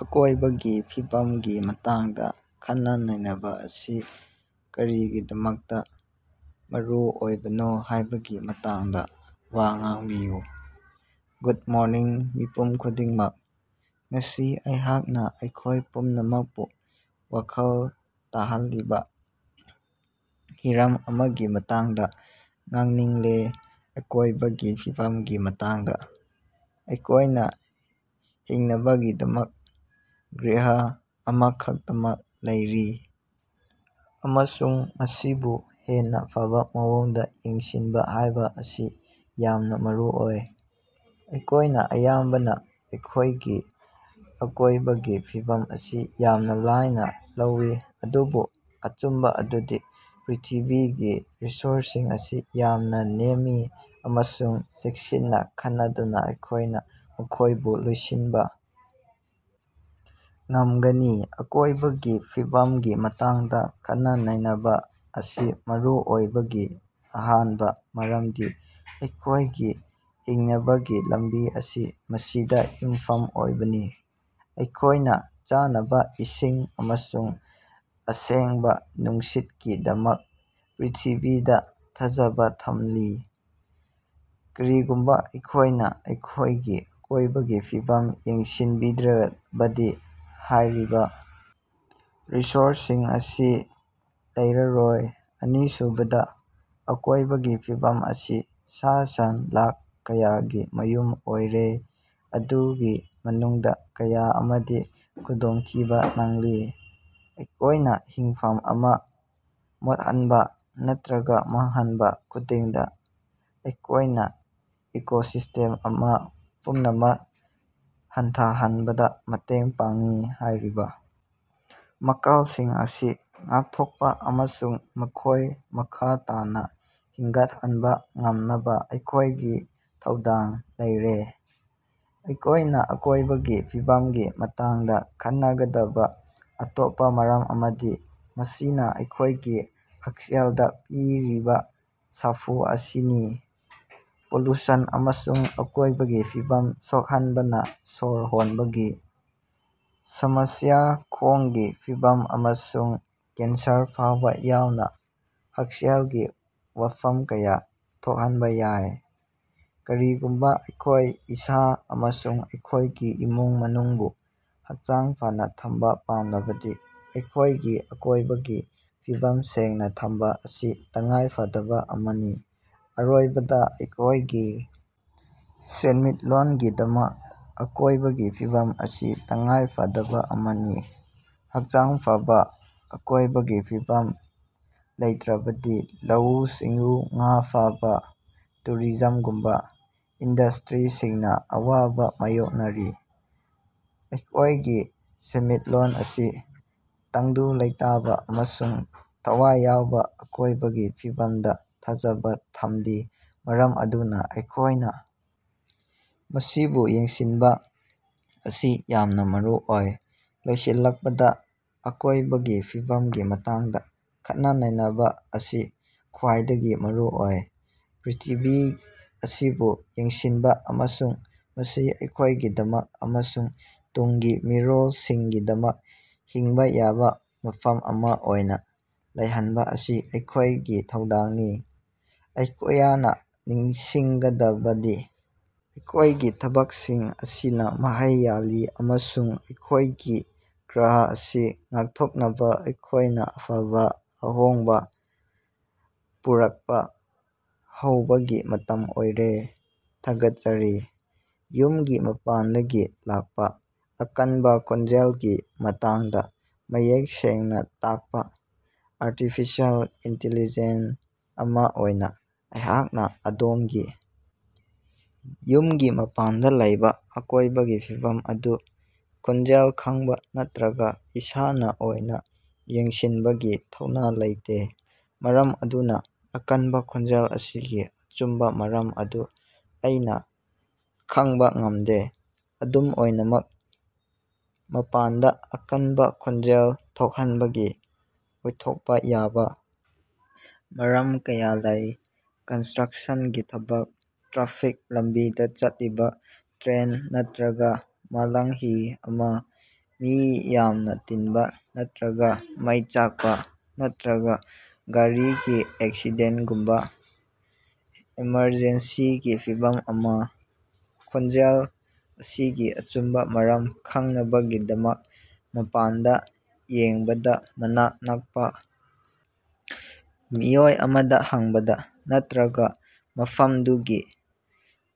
ꯑꯀꯣꯢꯕꯒꯤ ꯐꯤꯕꯝꯒꯤ ꯃꯇꯥꯡꯗ ꯈꯟꯅ-ꯅꯩꯅꯕ ꯑꯁꯤ ꯀꯔꯤꯒꯤꯗꯃꯛꯇ ꯃꯔꯨꯑꯣꯏꯕꯅꯣ ꯍꯥꯢꯕꯒꯤ ꯃꯇꯥꯡꯗ ꯋꯥ ꯉꯥꯡꯕꯤꯌꯨ꯫ ꯒꯨꯗ ꯃꯣꯔꯅꯤꯡ ꯃꯤꯄꯨꯝ ꯈꯨꯗꯤꯡꯃꯛ꯫ ꯉꯁꯤ ꯑꯩꯍꯥꯛꯅꯥ ꯑꯩꯈꯣꯢ ꯄꯨꯝꯅꯃꯛꯄꯨ ꯋꯥꯈꯜ ꯇꯥꯍꯜꯂꯤꯕ ꯍꯤꯔꯝ ꯑꯃꯒꯤ ꯃꯇꯥꯡꯗ ꯉꯥꯡꯅꯤꯡꯂꯦ ꯑꯀꯣꯢꯕꯒꯤ ꯐꯤꯕꯝꯒꯤ ꯃꯇꯥꯡꯗ꯫ ꯑꯩꯈꯣꯢꯅ ꯍꯤꯡꯅꯕꯒꯤꯗꯃꯛ ꯒ꯭ꯔꯍ ꯑꯃꯈꯛꯇꯃꯛ ꯂꯩꯔꯤ ꯑꯃꯁꯨꯡ ꯃꯁꯤꯕꯨ ꯍꯦꯟꯅ ꯐꯕ ꯃꯑꯣꯡꯗ ꯌꯦꯡꯁꯤꯟꯕ ꯍꯥꯏꯕ ꯑꯁꯤ ꯌꯥꯝꯅ ꯃꯔꯨꯑꯣꯏ꯫ ꯑꯩꯈꯣꯢꯅ ꯑꯌꯥꯝꯕꯅ ꯑꯩꯈꯣꯢꯒꯤ ꯑꯀꯣꯢꯕꯒꯤ ꯐꯤꯕꯝ ꯑꯁꯤ ꯌꯥꯝꯅ ꯂꯥꯏꯅ ꯂꯧꯏ ꯑꯗꯨꯕꯨ ꯑꯆꯨꯝꯕ ꯑꯗꯨꯗꯤ ꯄ꯭ꯔꯤꯊꯤꯕꯤꯒꯤ ꯔꯤꯁꯣꯔꯁꯁꯤꯡ ꯑꯁꯤ ꯌꯥꯝꯅ ꯅꯦꯝꯃꯤ ꯑꯃꯁꯨꯡ ꯆꯦꯛꯁꯤꯟꯅ ꯈꯟꯅꯗꯅ ꯑꯩꯈꯣꯢꯅ ꯃꯈꯣꯢꯕꯨ ꯂꯣꯏꯁꯤꯟꯕ ꯉꯝꯒꯅꯤ꯫ ꯑꯀꯣꯢꯕꯒꯤ ꯐꯤꯕꯝꯒꯤ ꯃꯇꯥꯡꯗ ꯈꯟꯅ-ꯅꯩꯅꯕ ꯑꯁꯤ ꯃꯔꯨ ꯑꯣꯏꯕꯒꯤ ꯑꯍꯥꯟꯕ ꯃꯔꯝꯗꯤ ꯑꯩꯈꯣꯢꯒꯤ ꯍꯤꯡꯅꯕꯒꯤ ꯂꯝꯕꯤ ꯑꯁꯤ ꯃꯁꯤꯗ ꯌꯨꯝꯐꯝ ꯑꯣꯏꯕꯅꯤ꯫ ꯑꯩꯈꯣꯢꯅ ꯆꯥꯅꯕ, ꯏꯁꯤꯡ ꯑꯃꯁꯨꯡ ꯑꯁꯦꯡꯕ ꯅꯨꯡꯁꯤꯠꯀꯤꯗꯃꯛ ꯄ꯭ꯔꯤꯊꯤꯕꯤꯗ ꯊꯥꯖꯕ ꯊꯝꯂꯤ꯫ ꯀꯔꯤꯒꯨꯝꯕ ꯑꯩꯈꯣꯢꯅ ꯑꯩꯈꯣꯢꯒꯤ ꯑꯀꯣꯢꯕꯒꯤ ꯐꯤꯕꯝ ꯌꯦꯡꯁꯤꯟꯕꯤꯗ꯭ꯔꯕꯗꯤ ꯍꯥꯢꯔꯤꯕ ꯔꯤꯁꯣꯔꯁꯁꯤꯡ ꯑꯁꯤ ꯂꯩꯔꯔꯣꯏ꯫ ꯑꯅꯤꯁꯨꯕꯗ ꯑꯀꯣꯢꯕꯒꯤ ꯐꯤꯕꯝ ꯑꯁꯤ ꯁꯥ-ꯁꯟ ꯂꯥꯈ ꯀꯌꯥꯒꯤ ꯃꯌꯨꯝ ꯑꯣꯏꯔꯦ ꯃꯗꯨꯒꯤ ꯃꯅꯨꯡꯗ ꯀꯌꯥ ꯑꯃꯗꯤ ꯈꯨꯗꯣꯡꯊꯤꯕꯥ ꯅꯪꯂꯤ꯫ ꯑꯩꯈꯣꯢꯅ ꯍꯤꯡꯐꯝ ꯑꯃ ꯃꯣꯠꯍꯟꯕ ꯅꯠꯇ꯭ꯔꯒ ꯃꯥꯡꯍꯟꯕ ꯈꯨꯗꯤꯡꯗ ꯑꯩꯈꯣꯢꯅ ꯏꯀꯣꯁꯤꯁꯇꯦꯝ ꯑꯃ ꯄꯨꯝꯅꯃꯛ ꯍꯟꯊꯍꯟꯕꯗ ꯃꯇꯦꯡ ꯄꯥꯡꯏ꯫ ꯍꯥꯢꯔꯤꯕ ꯃꯈꯜꯁꯤꯡ ꯑꯁꯤ ꯉꯥꯛꯊꯣꯛꯄ ꯑꯃꯁꯨꯡ ꯃꯈꯣꯢ ꯃꯈꯥ ꯇꯥꯅ ꯍꯤꯡꯒꯠꯍꯟꯕ ꯉꯝꯅꯕ ꯑꯩꯈꯣꯢꯒꯤ ꯊꯧꯗꯥꯡ ꯂꯩꯔꯦ꯫ ꯑꯩꯈꯣꯢꯅ ꯑꯀꯣꯢꯕꯒꯤ ꯐꯤꯕꯝꯒꯤ ꯃꯇꯥꯡꯗ ꯈꯟꯅꯒꯗꯕ ꯑꯇꯣꯞꯄ ꯃꯔꯝ ꯑꯃꯗꯤ ꯃꯁꯤꯅ ꯑꯩꯈꯣꯢꯒꯤ ꯍꯛꯁꯦꯜꯗ ꯄꯤꯔꯤꯕ ꯁꯥꯐꯨ ꯑꯁꯤꯅꯤ꯫ ꯄꯣꯂꯨꯁꯟ ꯑꯃꯁꯨꯡ ꯑꯀꯣꯢꯕꯒꯤ ꯐꯤꯕꯝ ꯁꯣꯛꯍꯟꯕꯅ ꯁꯣꯔ ꯍꯣꯟꯕꯒꯤ ꯁꯃꯁ꯭ꯌꯥ, ꯈꯣꯡꯒꯤ ꯐꯤꯚꯝ ꯑꯃꯁꯨꯡ ꯀꯦꯟꯁꯔ ꯐꯥꯎꯕꯥ ꯌꯥꯎꯅ ꯍꯛꯁꯦꯜꯒꯤ ꯋꯥꯐꯝ ꯀꯌꯥ ꯊꯣꯛꯍꯟꯕ ꯌꯥꯏ꯫ ꯀꯔꯤꯒꯨꯝꯕ ꯑꯩꯈꯣꯢ ꯏꯁꯥ ꯑꯃꯁꯨꯡ ꯑꯩꯈꯣꯢꯒꯤ ꯏꯃꯨꯡ ꯃꯅꯨꯡꯕꯨ ꯍꯛꯆꯥꯡ ꯐꯅꯥ ꯊꯝꯕ ꯄꯥꯝꯂꯕꯗꯤ ꯑꯩꯈꯣꯢꯒꯤ ꯑꯀꯣꯢꯕꯒꯤ ꯐꯤꯕꯝ ꯁꯦꯡꯅ ꯊꯝꯕ ꯑꯁꯤ ꯇꯉꯥꯏꯐꯗꯕ ꯑꯃꯅꯤ꯫ ꯑꯔꯣꯏꯕꯗꯥ ꯑꯩꯈꯣꯢꯒꯤ ꯁꯦꯟꯃꯤꯠꯂꯣꯟꯒꯤꯗꯃꯛ ꯑꯀꯣꯢꯕꯒꯤ ꯐꯤꯕꯝ ꯑꯁꯤ ꯇꯉꯥꯏꯐꯗꯕ ꯑꯃꯅꯤ꯫ ꯍꯛꯆꯥꯡ ꯐꯕ ꯑꯀꯣꯢꯕꯒꯤ ꯐꯤꯕꯝ ꯂꯩꯇ꯭ꯔꯕꯗꯤ ꯂꯧꯎ-ꯁꯤꯡꯎ, ꯉꯥ ꯐꯥꯕꯥ, ꯇꯨꯔꯤꯖꯝꯒꯨꯝꯕ ꯏꯟꯗꯁꯇ꯭ꯔꯤꯁꯤꯡꯅ ꯑꯋꯥꯕꯥ ꯃꯥꯌꯣꯛꯅꯔꯤ꯫ ꯑꯩꯈꯣꯢꯒꯤ ꯁꯦꯟꯃꯤꯠꯂꯣꯟ ꯑꯁꯤ ꯇꯪꯗꯨ ꯂꯩꯇꯥꯕ ꯑꯃꯁꯨꯡ ꯊꯋꯥꯏ ꯌꯥꯎꯕ ꯑꯀꯣꯢꯕꯒꯤ ꯐꯤꯕꯝꯗ ꯊꯥꯖꯕ ꯊꯝꯂꯤ ꯃꯔꯝ ꯑꯗꯨꯅ ꯑꯩꯈꯣꯢꯅ ꯃꯁꯤꯕꯨ ꯌꯦꯡꯁꯤꯟꯕꯥ ꯑꯁꯤ ꯌꯥꯝꯅ ꯃꯔꯨꯑꯣꯏ꯫ ꯂꯣꯏꯁꯤꯜꯂꯛꯄꯗ ꯑꯀꯣꯢꯕꯒꯤ ꯐꯤꯕꯝꯒꯤ ꯃꯇꯥꯡꯗ ꯈꯟꯅ-ꯅꯩꯅꯕ ꯑꯁꯤ ꯈ꯭ꯋꯥꯏꯗꯒꯤ ꯃꯔꯨꯑꯣꯏ꯫ ꯄ꯭ꯔꯤꯊꯤꯕꯤ ꯑꯁꯤꯕꯨ ꯌꯦꯡꯁꯤꯟꯕ ꯑꯃꯁꯨꯡ ꯃꯁꯤ ꯑꯩꯈꯣꯢꯒꯤꯗꯃꯛ ꯑꯃꯁꯨꯡ ꯇꯨꯡꯒꯤ ꯃꯤꯔꯣꯜꯁꯤꯡꯒꯤꯗꯃꯛ ꯍꯤꯡꯕ ꯌꯥꯕ ꯃꯐꯝ ꯑꯃ ꯑꯣꯏꯅ ꯂꯩꯍꯟꯕ ꯑꯁꯤ ꯑꯩꯈꯣꯢꯒꯤ ꯊꯧꯗꯥꯡꯅꯤ꯫ ꯑꯩꯈꯣꯌꯅꯥ ꯅꯤꯡꯁꯤꯡꯒꯗꯕꯗꯤ ꯑꯩꯈꯣꯢꯒꯤ ꯊꯕꯛꯁꯤꯡ ꯑꯁꯤꯅ ꯃꯍꯩ ꯌꯥꯜꯂꯤ ꯑꯃꯁꯨꯡ ꯑꯩꯈꯣꯢꯒꯤ ꯒ꯭ꯔꯍ ꯑꯁꯤ ꯉꯥꯛꯊꯣꯛꯅꯕ ꯑꯩꯈꯣꯢꯅ ꯑꯐꯕ ꯑꯍꯣꯡꯕ ꯄꯨꯔꯛꯄ ꯍꯧꯕꯒꯤ ꯃꯇꯝ ꯑꯣꯏꯔꯦ꯫ ꯊꯥꯒꯠꯆꯔꯤ꯫ ꯌꯨꯝꯒꯤ ꯃꯄꯥꯟꯗꯒꯤ ꯂꯥꯛꯄ ꯑꯀꯟꯕ ꯈꯣꯟꯖꯦꯜꯒꯤ ꯃꯇꯥꯡꯗ ꯃꯌꯦꯛ ꯁꯦꯡꯅꯥ ꯇꯥꯛꯄꯥ꯫ ꯑꯥꯔꯇꯤꯐꯤꯁꯤꯑꯦꯜ ꯏꯟꯇꯤꯂꯤꯖꯦꯟ ꯑꯃ ꯑꯣꯏꯅ ꯑꯩꯍꯥꯛꯅ ꯑꯗꯣꯝꯒꯤ ꯌꯨꯝꯒꯤ ꯃꯄꯥꯟꯗ ꯂꯩꯕꯥ ꯑꯀꯣꯢꯕꯒꯤ ꯐꯤꯕꯝ ꯑꯗꯨ ꯈꯣꯟꯖꯦꯜ ꯈꯡꯕ ꯅꯠꯇ꯭ꯔꯒ ꯏꯁꯥꯅ ꯑꯣꯏꯅ ꯌꯦꯡꯁꯤꯟꯕꯒꯤ ꯊꯧꯅꯥ ꯂꯩꯇꯦ꯫ ꯃꯔꯝ ꯑꯗꯨꯅ ꯑꯀꯟꯕ ꯈꯣꯟꯖꯦꯜ ꯑꯁꯤꯒꯤ ꯑꯆꯨꯝꯕ ꯃꯔꯝ ꯑꯗꯨ ꯑꯩꯅ ꯈꯪꯕꯥ ꯉꯝꯗꯦ꯫ ꯑꯗꯨꯝ ꯑꯣꯏꯅꯃꯛ ꯃꯄꯥꯟꯗ ꯑꯀꯟꯕ ꯈꯣꯟꯖꯦꯜ ꯊꯣꯛꯍꯟꯕꯒꯤ ꯑꯣꯏꯊꯣꯛꯄ ꯌꯥꯕ ꯃꯔꯝ ꯀꯌꯥ ꯂꯩ: ꯀꯟꯁꯇ꯭ꯔꯛꯁꯟꯒꯤ ꯊꯕꯛ, ꯇ꯭ꯔꯥꯐꯤꯛ, ꯂꯝꯕꯤꯗ ꯆꯠꯂꯤꯕ ꯇ꯭ꯔꯦꯟ ꯅꯠꯇ꯭ꯔꯒ ꯃꯥꯂꯪꯍꯤ ꯑꯃ, ꯃꯤ ꯌꯥꯝꯅ ꯇꯤꯟꯕ ꯅꯠꯇ꯭ꯔꯒ ꯃꯩ ꯆꯥꯛꯄ ꯅꯠꯇ꯭ꯔꯒ ꯒꯥꯔꯤꯒꯤ ꯑꯦꯛꯁꯤꯗꯦꯟꯇꯒꯨꯝꯕ ꯑꯦꯃꯔꯖꯦꯟꯁꯤꯒꯤ ꯐꯤꯚꯝ ꯑꯃ꯫ ꯈꯣꯟꯖꯦꯜ ꯑꯁꯤꯒꯤ ꯑꯆꯨꯝꯕ ꯃꯔꯝ ꯈꯡꯅꯕꯒꯤꯗꯃꯛ ꯃꯄꯥꯟꯗ ꯌꯦꯡꯕꯗ ꯃꯅꯥꯛ ꯅꯛꯄ ꯃꯤꯑꯣꯏ ꯑꯃꯗ ꯍꯪꯕꯗ ꯅꯠꯇ꯭ꯔꯒ ꯃꯐꯝꯗꯨꯒꯤ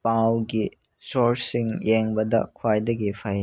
ꯄꯥꯎꯒꯤ ꯁꯣꯔꯁꯁꯤꯡ ꯌꯦꯡꯕꯗ ꯈ꯭ꯋꯥꯏꯗꯒꯤ ꯐꯩ꯫